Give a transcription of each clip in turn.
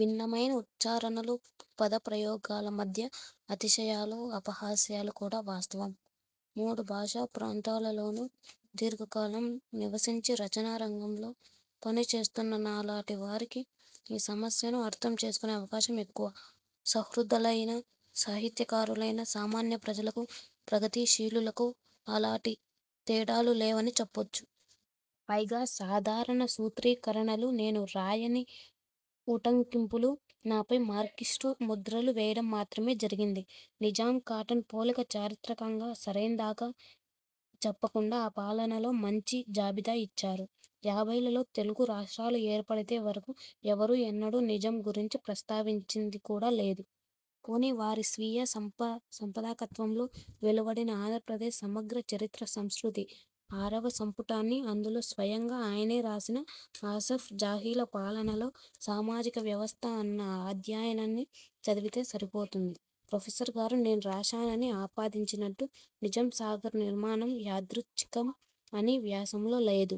భిన్నమైన ఉచ్చారణలు పదప్రయోగాల మధ్య అతిశయాలు అపహాస్యాలు కూడా వాస్తవం. మూడు భాషా ప్రాంతాలలోనూ దీర్ఘకాలం నివసించి రచనా రంగంలో పనిచేస్తున్న నాలాటి వారికి ఈ సమస్యను అర్థం చేసుకునే అవకాశం ఎక్కువ. సహృదయులైన సాహిత్యకారులకూ సామాన్య ప్రజలకూ ప్రగతి శీలులకూ అలాటి తేడాలు లేవని చెప్పొచ్చు. పైగా సాధారణ సూత్రీకరణలూ, నేను రాయని ఉటంకింపులు, నాపై మార్క్సిస్టు ముద్రలూ వేయడం మాత్రమే జరిగింది. నిజాం కాటన్ పోలిక చారిత్రికంగా సరైందాకాదా చెప్పకుండా ఆ పాలనలో 'మంచి' జాబితా ఇచ్చారు. యాభైలలో తెలుగు రాష్ట్రాలు ఏర్పడితే వరకూ ఎవరూ ఎన్నడూ నిజాం గురించి ప్రస్తావించింది కూడా లేదు. పోనీ వారి స్వీయ సంపాదకత్వంలో వెలువడిన 'ఆంధ్రప్రదేశ్ సమగ్ర చరిత్ర సంసృతి'- ఆరవ సంపుటాన్ని అందులో స్వయంగా ఆయనే రాసిన 'అసఫ్ జాహీల పాలనలో సామాజిక వ్యవస్థ' అన్న అధ్యాయాన్ని చదివితే సరిపోతుంది. ప్రొఫెసర్ గారు నేను రాశానని ఆపాదించినట్టు 'నిజాం సాగర్ నిర్మాణం యాదృచ్ఛికం' అని వ్యాసంలో లేదు.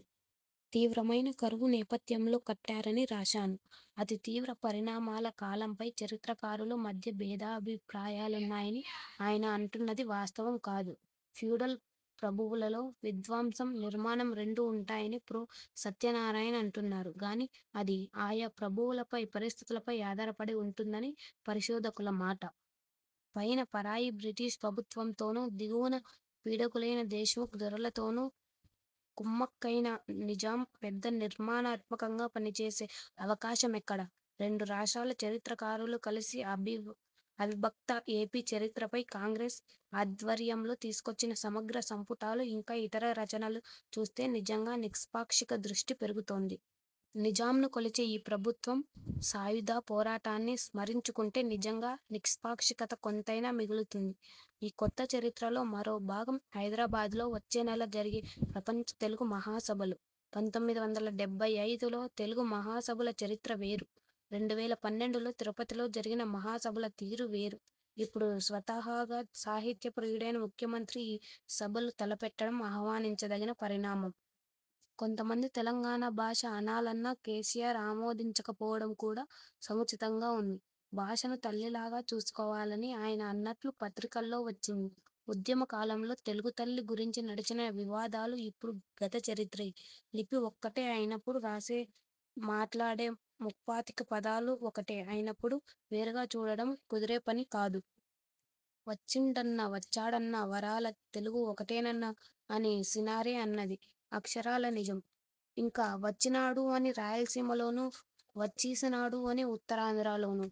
తీవ్రమైన కరువు నేపథ్యంలో కట్టారని రాశాను. అతి తీవ్ర పరిణామాల కాలం పై చరిత్రకారుల మధ్య భేదాభిప్రాయాలున్నాయని ఆయన అంటున్నది వాస్తవం కాదు. ఫ్యూడల్ ప్రభువులలో విధ్వంసం నిర్మాణం రెండూ వుంటాయని ప్రొ. సత్యనారాయణ అంటున్నారు గాని అది ఆయా ప్రభువులపై పరిస్థితులపై ఆధారపడి వుంటుందని పరిశోధకుల మాట. పైన పరాయి బ్రిటిష్ ప్రభుత్వంతోనూ దిగువన పీడకులైన దేశ్ముఖ్ దొరలతోనూ కుమ్మక్కైన నిజాం పెద్ద నిర్మాణాత్మకంగా పనిచేసే అవకాశమెక్కడ? రెండు రాష్ట్రాల చరిత్రకారులు కలసి అవిభక్త ఏపీ చరిత్రపై కాంగ్రెస్ ఆధ్వర్యంలో తీసుకొచ్చిన సమగ్ర సంపుటాలు ఇంకా ఇతర రచనలు చూస్తే నిజంగా నిష్పాక్షిక దృష్టి పెరుగుతుంది. నిజాంను కొలిచే ఈ ప్రభుత్వం సాయుధ పోరాటాన్ని స్మరించుకుంటే నిజంగా నిష్పాక్షికత కొంతైనా మిగులుతుంది. ఈ కొత్తచరిత్రలో మరో భాగం హైదరాబాదులో వచ్చే నెల జరిగే ప్రపంచ తెలుగు మహాసభలు. పంతొమ్మిది వందల డెబ్బై ఐదులో తెలుగు మహాసభల చరిత్ర వేరు, రెండు వేల పన్నెండులో తిరుపతిలో జరిగిన మహాసభల తీరు వేరు, ఇప్పుడు స్వతహాగా సాహిత్య ప్రియుడైన ముఖ్యమంత్రి ఈ సభలు తలపెట్టడం ఆహ్వానించదగిన పరిణామం. కొంతమంది తెలంగాణ భాష అనాలన్నా కేసీఆర్ ఆమోదించకపోవడం కూడా సముచితంగా వుంది. భాషను తల్లిలాగా చూసుకోవాలని ఆయన అన్నట్లు పత్రికల్లో వచ్చింది. ఉద్యమ కాలంలో తెలుగుతల్లి గురించి నడిచిన వివాదాలు ఇప్పుడు గతచరిత్రే. లిపి ఒక్కటే అయినప్పుడు రాసే మాట్లాడే ముప్పాతిక పదాలు ఒకటే అయినప్పుడు వేరుగా చూడటం కుదిరేపని కాదు. వచ్చిండన్నా వచ్చాడన్నా వరాల తెలుగు ఒకటేనన్నా అని సినారె అన్నది అక్షరాల నిజం. ఇంకా వచ్చినాడు అని రాయలసీమలోనూ వచ్చీసీనాడు అని ఉత్తరాంధ్రలోనూ